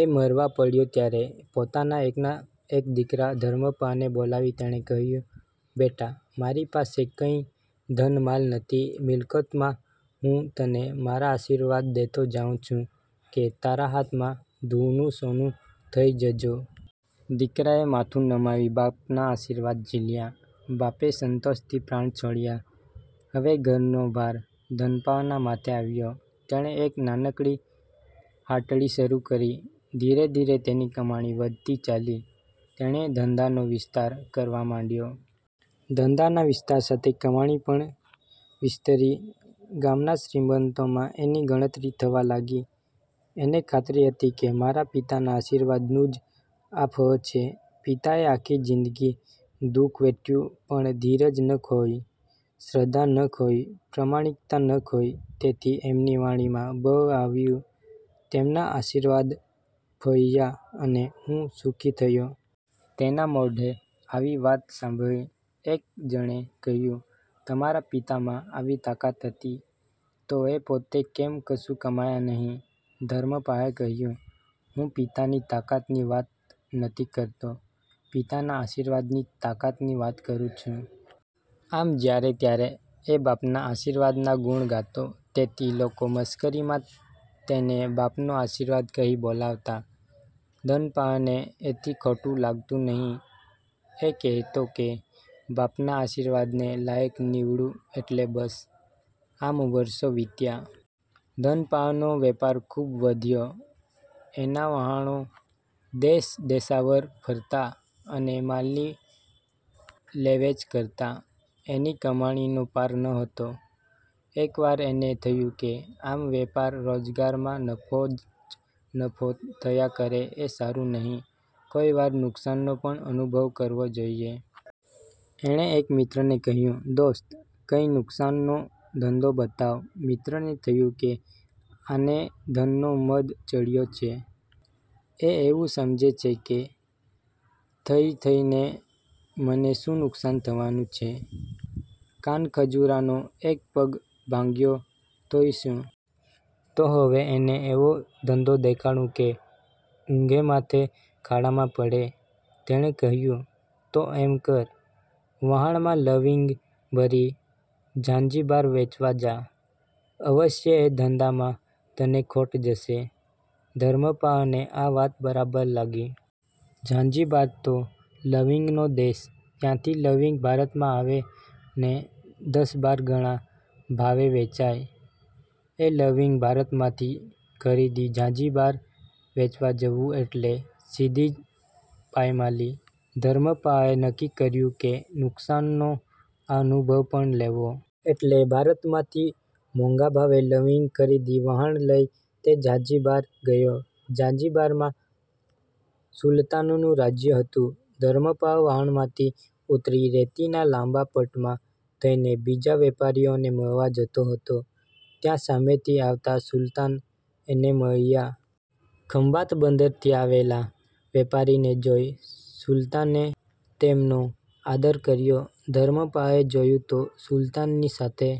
એ મરવા પડ્યો ત્યારે પોતાના એકના એક દીકરા ધર્મપાળને બોલાવી તેણે કહ્યું: 'બેટા, મારી પાસે કંઈ ધનમાલ નથી. મિલકતમાં હું તને મારા આશીર્વાદ દેતો જાઉં છું કે તારા હાથમાં ધૂળનું સોનું થઈ જજો! ' દીકરાએ માથું નમાવી બાપના આશીર્વાદ ઝીલ્યા. બાપે સંતોષથી પ્રાણ છોડ્યા. હવે ઘરનો ભાર ધનપાળના માથે આવ્યો. તેણે એક નાનકડી હાટડી શરૂ કરી. ધીરે ધીરે તેની કમાણી વધતી ચાલી. તેણે ધંધાનો વિસ્તાર કરવા માંડ્યો. ધંધાના વિસ્તાર સાથે કમાણી પણ વિસ્તરી. ગામના શ્રીમંતોમાં એની ગણતરી થવા લાગી. એને ખાતરી હતી કે મારા પિતાના આશીર્વાદનું જ આ ફળ છે. પિતાએ આખી જિંદગી દુ:ખ વેઠ્યું, પણ ધીરજ ન ખોઈ, શ્રદ્ધા ન ખોઈ, પ્રમાણિકતા ન ખોઈ, તેથી એમની વાણીમાં બળ આવ્યું, તેમના આશીર્વાદ ફળ્યા, અને હું સુખી થયો. તેના મોઢે આવી વાત સાંભળી એક જણે કહ્યું: 'તમારા પિતામાં આવી તાકાત હતી, તો એ પોતે કેમ કશું કમાયા નહિ? ' ધર્મપાળે કહ્યું: 'હું પિતાની તાકાતની વાત નથી કરતો, પિતાના આશીર્વાદની તાકાતની વાત કરું છું. ' આમ જ્યારે ત્યારે એ બાપના આશીર્વાદના ગુણ ગાતો, તેથી લોકો મશ્કરીમાં તેને 'બાપનો આશીર્વાદ' કહી બોલાવતા. ધનપાળને એથી ખોટું લાગતું નહિ, એ કહેતો કે બાપના આશીર્વાદને લાયક નીવડું એટલે બસ. આમ વર્ષો વીત્યાં. ધનપાળનો વેપાર ખૂબ વધ્યો. એનાં વહાણો દેશદેશાવર ફરતાં અને માલની લેવેચ કરતાં. એની કમાણીનો પાર ન હતો. એકવાર એને થયું કે આમ વેપાર રોજગારમાં નફો જ નફો થયા કરે એ સારું નહિ, કોઈ વાર નુકસાનનો પણ અનુભવ કરવો જોઈએ. એણે એક મિત્રને કહ્યું: 'દોસ્ત, કંઈ નુકસાનનો ધંધો બતાવ! ' મિત્રને થયું કે આને ધનનો મદ ચડ્યો છે; એ એવું સમજે છે કે થઈ થઈને મને શું નુકસાન થવાનું છે? કાનખજૂરાનો એક પગ ભાંગ્યો તોય શું? તો હવે એને એવો ધંધો દેખાડું કે ઊંધે માથે ખાડામાં પડે. તેણે કહ્યું: 'તો એમ કર! વહાણમાં લવિંગ ભરી ઝાંઝીબાર વેચવા જા! અવશ્ય એ ધંધામાં તને ખોટ જશે. ' ધર્મપાળને આ વાત બરાબર લાગી. ઝાંઝીબાર તો લવિંગનો દેશ, ત્યાંથી લવિંગ ભારતમાં આવે ને દશબાર ગણા ભાવે વેચાય. એ લવિંગ ભારતમાંથી ખરીદી ઝાંઝીબાર વેચવા જવું એટલે સીધી જ પાયમાલી. ધર્મપાળે નક્કી કર્યું કે નુકસાનનો આ અનુભવ પણ લેવો. એટલે ભારતમાંથી મોંઘા ભાવે લવિંગ ખરીદી વહાણ લઈ તે ઝાંઝીબાર ગયો. ઝાંઝીબારમાં સુલતાનનું રાજ્ય હતું. ધર્મપાળ વહાણમાંથી ઊતરી રેતીના લાંબા પટમાં થઈને બીજા વેપારીઓને મળવા જતો હતો. ત્યાં સામેથી આવતા સુલતાન એને મળ્યા. ખંભાત બંદરથી આવેલા વેપારીને જોઈ સુલતાને તેમનો આદર કર્યો. ધર્મપાળે જોયું તો સુલતાનની સાથે